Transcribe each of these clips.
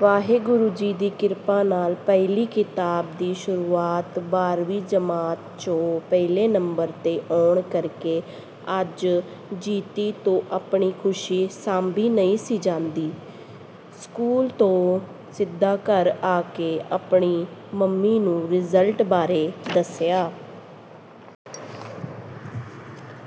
ਵਾਹਿਗੁਰੂ ਜੀ ਦੀ ਕਿਰਪਾ ਨਾਲ ਪਹਿਲੀ ਕਿਤਾਬ ਦੀ ਸੁਰੂਆਤ ਬਾਰਵੀਂ ਜਮਾਤ ਚੋਂ ਪਹਿਲੇ ਨੰਬਰ ਤੇ ਆਉਣ ਕਰਕੇ ਅੱਜ ਜੀਤੀ ਤੋਂ ਆਪਣੀ ਖੁਸ਼ੀ ਸਾਂਭੀ ਨਹੀਂ ਸੀ ਜਾਂਦੀ। ਸਕੂਲ ਤੋਂ ਸਿੱਧਾ ਘਰ ਆਕੇ ਆਪਣੀ ਮੰਮੀ ਨੂੰ ਰਿਜਲਟ ਬਾਰੇ ਦੱਸਿਆ।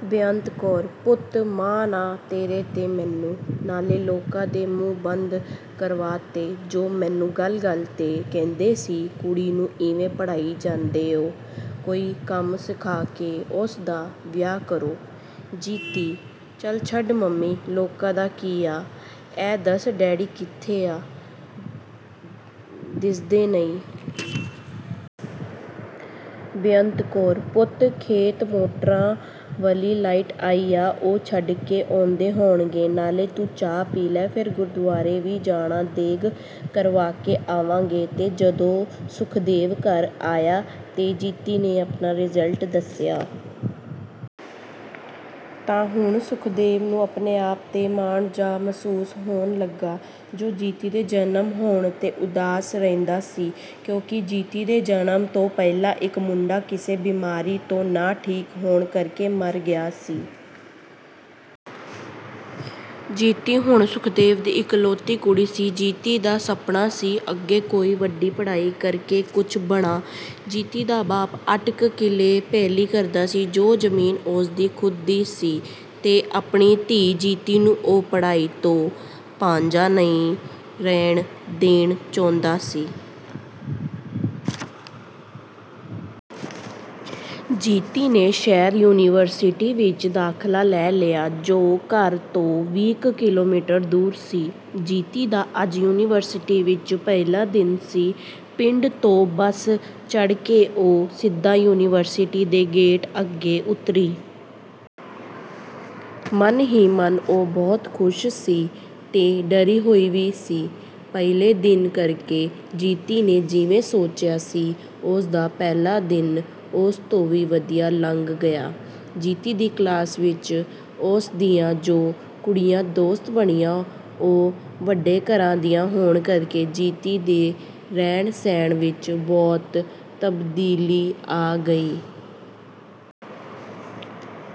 ਬੇਅੰਤ ਕੌਰ – ਪੁੱਤ, ਮਾਣ ਆ ਤੇਰੇ ਤੇ ਮੈਨੂੰ, ਨਾਲੇ ਲੋਕਾਂ ਦੇ ਮੂੰਹ ਬੰਦ ਕਰਵਾ ਤੇ ਜੋ ਮੈਨੂੰ ਗੱਲ ਗੱਲ ਤੇ ਕਹਿੰਦੇ ਸੀ ਕੁੜੀ ਨੂੰ ਐਵੇ ਪੜ੍ਹਾਈ ਜਾਣੇ ਓ, ਕੋਈ ਕੰਮ ਸਿਖਾ ਕੇ, ਇਸਦਾ ਵਿਆਹ ਕਰੋ… ਜੀਤੀ – ਚਲ ਛੱਡ ਮੰਮੀ ਲੋਕਾਂ ਦਾ ਕੀ ਆ… ਏ ਦੱਸ ਡੈਡੀ ਕਿੱਥੇ ਆ ਦਿਸਦੇ ਨਹੀਂ…. ਬੇਅੰਤ ਕੌਰ – ਪੁੱਤ, ਖੇਤ ਮੋਟਰਾਂ ਵਾਲ਼ੀ ਲਾਈਟ ਆਈ ਆ। ਉਹ ਛੱਡ ਕੇ ਆਉਂਦੇ ਹੋਣਗੇ, ਨਾਲੇ ਤੂੰ ਚਾਹ ਪੀ ਲਾ.. ਫਿਰ ਗੁਰਦੁਆਰੇ ਵੀ ਜਾਣਾ ਦੇਗ ਕਰਵਾਕੇ ਆਵਾਂਗੇ ਤੇ ਜਦੋ ਸੁਖਦੇਵ ਘਰ ਆਇਆ ਤੇ ਜੀਤੀ ਨੇ ਆਪਣਾ ਰਿਜ਼ਲਟ ਦੱਸਿਆ। ਤਾ ਹੁਣ ਸੁਖਦੇਵ ਨੂੰ ਆਪਣੇ ਆਪ ਤੇ ਮਾਣ ਜਾ ਮਹਿਸੂਸ ਹੋਣ ਲੱਗਾ, ਜੋ ਜੀਤੀ ਦੇ ਜਨਮ ਹੋਣ ਤੇ ਉਦਾਸ ਰਹਿੰਦਾ ਸੀ…. ਕਿਉਕਿ ਜੀਤੀ ਦੇ ਜਨਮ ਤੋਂ ਪਹਿਲਾਂ ਇੱਕ ਮੁੰਡਾ ਕਿਸੇ ਬਿਮਾਰੀ ਤੋ ਨਾ ਠੀਕ ਹੋਣ ਕਰਕੇ ਮਰ ਗਿਆ ਸੀ। ਜੀਤੀ ਹੁਣ ਸੁਖਦੇਵ ਦੀ ਇਕਲੌਤੀ ਕੁੜੀ ਸੀ ਜੀਤੀ ਦਾ ਸੁਪਨਾ ਸੀ ਅੱਗੇ ਕੋਈ ਵੱਡੀ ਪੜਾਈ ਕਰਕੇ ਕੁਝ ਬਣਾ.. ਜੀਤੀ ਦਾ ਬਾਪ ਅੱਠ ਕ਼ ਕਿੱਲੇ ਪੈਲ਼ੀ ਕਰਦਾ ਸੀ, ਜੋ ਜਮੀਨ ਉਸਦੀ ਖੁਦ ਦੀ ਸੀ ਤੇ ਆਪਣੀ ਧੀ ਜੀਤੀ ਨੂੰ ਉਹ ਪੜਾਈ ਤੋਂ ਬਾਂਝਾ ਨਹੀਂ ਰਹਿਣ ਦੇਣ ਚਾਹੁੰਦਾ ਸੀ…. ਜੀਤੀ ਨੇ ਸ਼ਹਿਰ ਯੂਨੀਵਰਸਿਟੀ ਵਿੱਚ ਦਾਖਲਾ ਲੈ ਲਿਆ, ਜੋ ਘਰ ਤੋਂ ਵੀਹ ਕ਼ ਕਿੱਲੋਮੀਟਰ ਦੂਰ ਸੀ। ਜੀਤੀ ਦਾ ਅੱਜ ਯੂਨੀਵਰਸਿਟੀ ਵਿੱਚ ਪਹਿਲਾਂ ਦਿਨ ਸੀ ਪਿੰਡ ਤੋਂ ਬੱਸ ਚੜਕੇ ਉਹ ਸਿੱਧਾ ਯੂਨੀਵਰਸਿਟੀ ਦੇ ਗੇਟ ਅੱਗੇ ਉੱਤਰੀ। ਮਨ ਹੀ ਮਨ ਉਹ ਬਹੁਤ ਖੁਸ਼ ਸੀ ਤੇ ਡਰੀ ਹੋਈ ਵੀ ਸੀ, ਪਹਿਲੇ ਦਿਨ ਕਰਕੇ….. ਜੀਤੀ ਨੇ ਜਿਵੇ ਸੋਚਿਆ ਸੀ, ਉਸਦਾ ਪਹਿਲਾ ਦਿਨ ਉਸਤੋਂ ਵੀ ਵਧੀਆ ਲੰਘ ਗਿਆ…. ਜੀਤੀ ਦੀ ਕਲਾਸ ਵਿੱਚ ਉਸਦੀਆ ਜੋ ਕੁੜੀਆਂ ਦੋਸਤ ਬਣੀਆਂ, ਉਹ ਵੱਡੇ ਘਰਾਂ ਦੀਆਂ ਹੋਣ ਕਰਕੇ ਜੀਤੀ ਦੇ ਰਹਿਣ ਸਹਿਣ ਵਿੱਚ ਬਹੁਤ ਤਬਦੀਲੀ ਆ ਗਈ।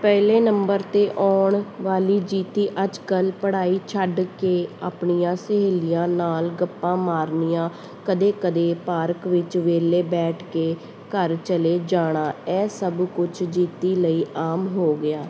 ਪਹਿਲੇ ਨੰਬਰ ਤੇ ਆਉਣ ਵਾਲੀ ਜੀਤੀ ਅੱਜ ਕੱਲ ਪੜ੍ਹਾਈ ਛੱਡਕੇ ਆਪਣੀਆ ਸਹੇਲੀਆਂ ਨਾਲ ਗੱਪਾ ਮਾਰਨੀਆਂ, ਕਦੇ ਕਦੇ ਪਾਰਕ ਵਿੱਚ ਵੇਹਲੇ ਬੈਠ ਕੇ ਘਰ ਚਲੇ ਜਾਣਾ, ਇਹ ਸਭ ਕੁਝ ਜੀਤੀ ਲਈ ਆਮ ਹੋ ਗਿਆ